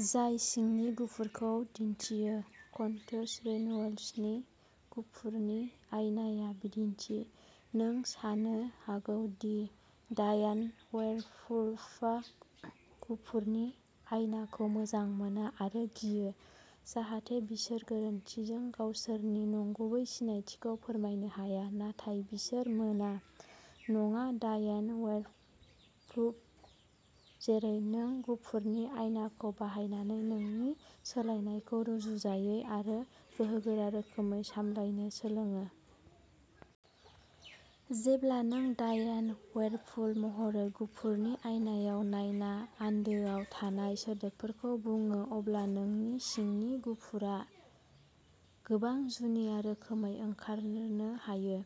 जाय सिंनि गफुरखौ दिन्थियो। कन्टोइस रेनोल्ड्सनि गफुरनि आयनाया बिदिन्थि। नों सानो हागौ दि डायान वेयरवुल्फआ गफुरनि आयनाखौ मोजां मोना आरो गियो, जाहाथे बिसोर गोरोन्थिजों गावसोरनि नंगुबै सिनायथिखौ फोरमायनो हाया, नाथाय बिसोर मोना। नङा, डायान वेयरवुल्फ जेरै नों गफुरनि आयनाखौ बाहायनानै नोंनि सोलायनायखौ रुजुजायै आरो गोहोगोरा रोखोमै सामलायनो सोलोङो। जेब्ला नों, डायान वेयरवुल्फ महरै, गफुरनि आयनाआव नायना आन्दोआव थानाय सोदोबफोरखौ बुङो, अब्ला नोंनि सिंनि गफुरआ गोबां जुनिया रोखोमै ओंखारनो हायो।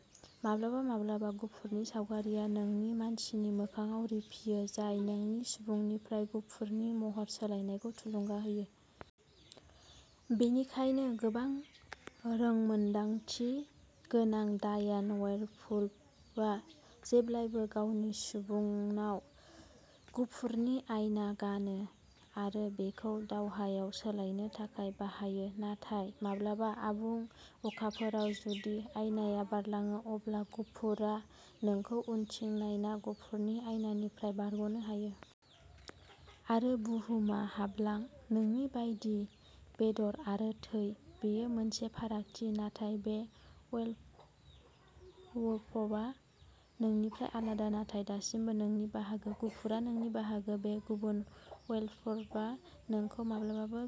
माब्लाबा-माब्लाबा गफुरनि सावगारिआ नोंनि मानसिनि मोखांआव रिफियो, जाय नोंनि सुबुंनिफ्राय गफुरनि महर सोलायनायखौ थुलुंगा होयो। बेनिखायनो गोबां रोंमोनदांथि गोनां डायान वेयरवुल्फआ जेब्लाबो गावनि सुबुंनाव गफुरनि आयना गानो, आरो बेखौ दावहायाव सोलायनो थाखाय बाहायो। नाथाय माब्लाबा आबुं अखाफोरआव जुदि आयनाआ बायलाङो, अब्ला गफुरआ नोंखौ उनथिं नायना गफुरनि आयनानिफ्राय बारग'नो हायो। आरो बुहुमाव हाबलां, नोंनि बायदि बेदर आरो थै। बेयो मोनसे फारागथि नाथाय बे वेयरवुल्फआ नोंनिफ्राय आलादा, नाथाय दासिमबो नोंनि बाहागो। गफुरआ नोंनि बाहागो। बे गुबुन वेयरवुल्फआ नोंखौ माब्लाबाबो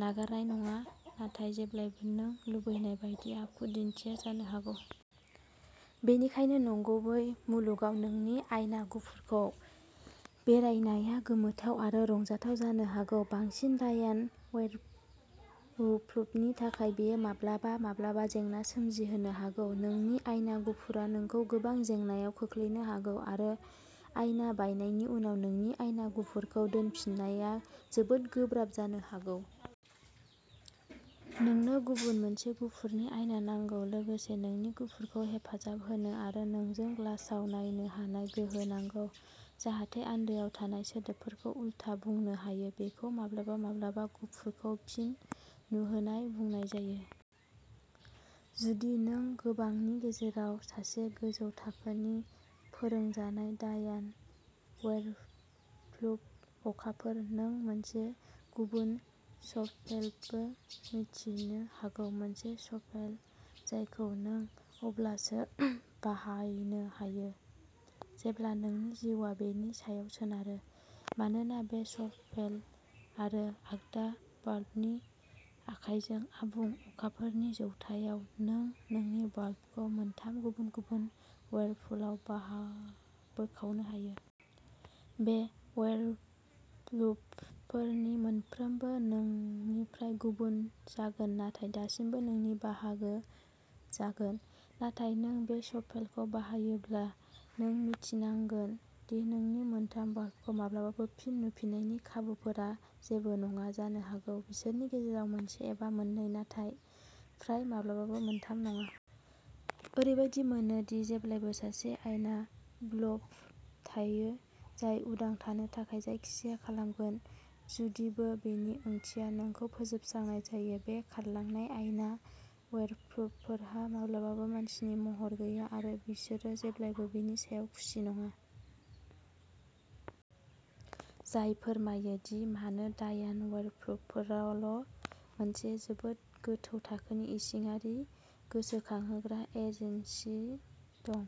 नागारनाय नङा, नाथाय जेब्लाबो नों लुबैनाय बायदि आखु दिन्थिया जानो हागौ। बेनिखायनो नंगुबै मुलुगाव नोंनि आयना गफुरजों बेरायनाया गोमोथाव आरो रंजाथाव जानो हागौ, बांसिन डायान वेयरवुल्फनि थाखाय बेयो माब्लाबा माब्लाबा जेंना सोमजिहोनो हागौ। नोंनि आयना गफुरआ नोंखौ गोबां जेंनाआव खोख्लैनो हागौ आरो आयना बायनायनि उनाव नोंनि आयना गफुरखौ दोनफिननाया जोबोद गोब्राब जानो हागौ। नोंनो गुबुन मोनसे गफुरनि आयना नांगौ, लोगोसे नोंनि गफुरखौ हेफाजाब होनो आरो नोंजों ग्लासआव नायनो हानाय गोहो नांगौ, जाहाथे आन्दोआव थानाय सोदोबफोरखौ उलथा बुंनो हायो। बेखौ माब्लाबा माब्लाबा गफुरखौ फिन नुहोनाय बुंनाय जायो। जुदि नों गोबांनि गेजेराव सासे गोजौ थाखोनि फोरोंजानाय डायान वेयरवुल्फ। अखाफोर, नों मोनसे गुबुन स्पेलबो मिन्थिनो हागौ। मोनसे स्पेल जायखौ नों अब्लासो बाहायनो हायो जेब्ला नोंनि जिउआ बेनि सायाव सोनारो। मानोना बे स्पेल आरो आगदा वुल्फनि आयनाजों आबुं अखाफोरनि जौथायाव, नों नोंनि वुल्फखौ मोनथाम गुबुन-गुबुन वेयरवुल्फआव बा-बोखावनो हायो। बे वेयरवुल्फफोरनि मोनफ्रोमबो नोंनिफ्राय गुबुन जागोन नाथाय दासिमबो नोंनि बाहागो जागोन। नाथाय नों बे स्पेलखौ बाहायोब्ला, नों मिन्थिनांगोन दि नोंनि मोनथाम वुल्फखौ माब्लाबाबो फिन नुफिन्नायनि खाबुफोरा जेबो नङा। जानो हागौ बिसोरनि गेजेराव मोनसे एबा मोननै, नाथाय फ्राय माब्लाबाबो मोनथाम नङा। ओरैबादि मोनो दि जेब्लाबो सासे आयना वुल्फ थायो जाय उदां थानो थाखाय जायखिजाया खालामगोन, जुदिबो बेनि ओंथिया नोंखौ फोजोबस्रांनाय जायो। बे खारलांनाय आयना वेयरवुल्फफोरहा माब्लाबाबो मानसिनि महर गैया आरो बिसोरो जेब्लाबो बेनि सायाव खुसि नङा। जाय फोरमायो दि मानो डायान वेयरवुल्फफोराल' मोनसे जोबोद गोजौ थाखोनि, इसिङारि गोसोखांहोग्रा एजेन्सि दं।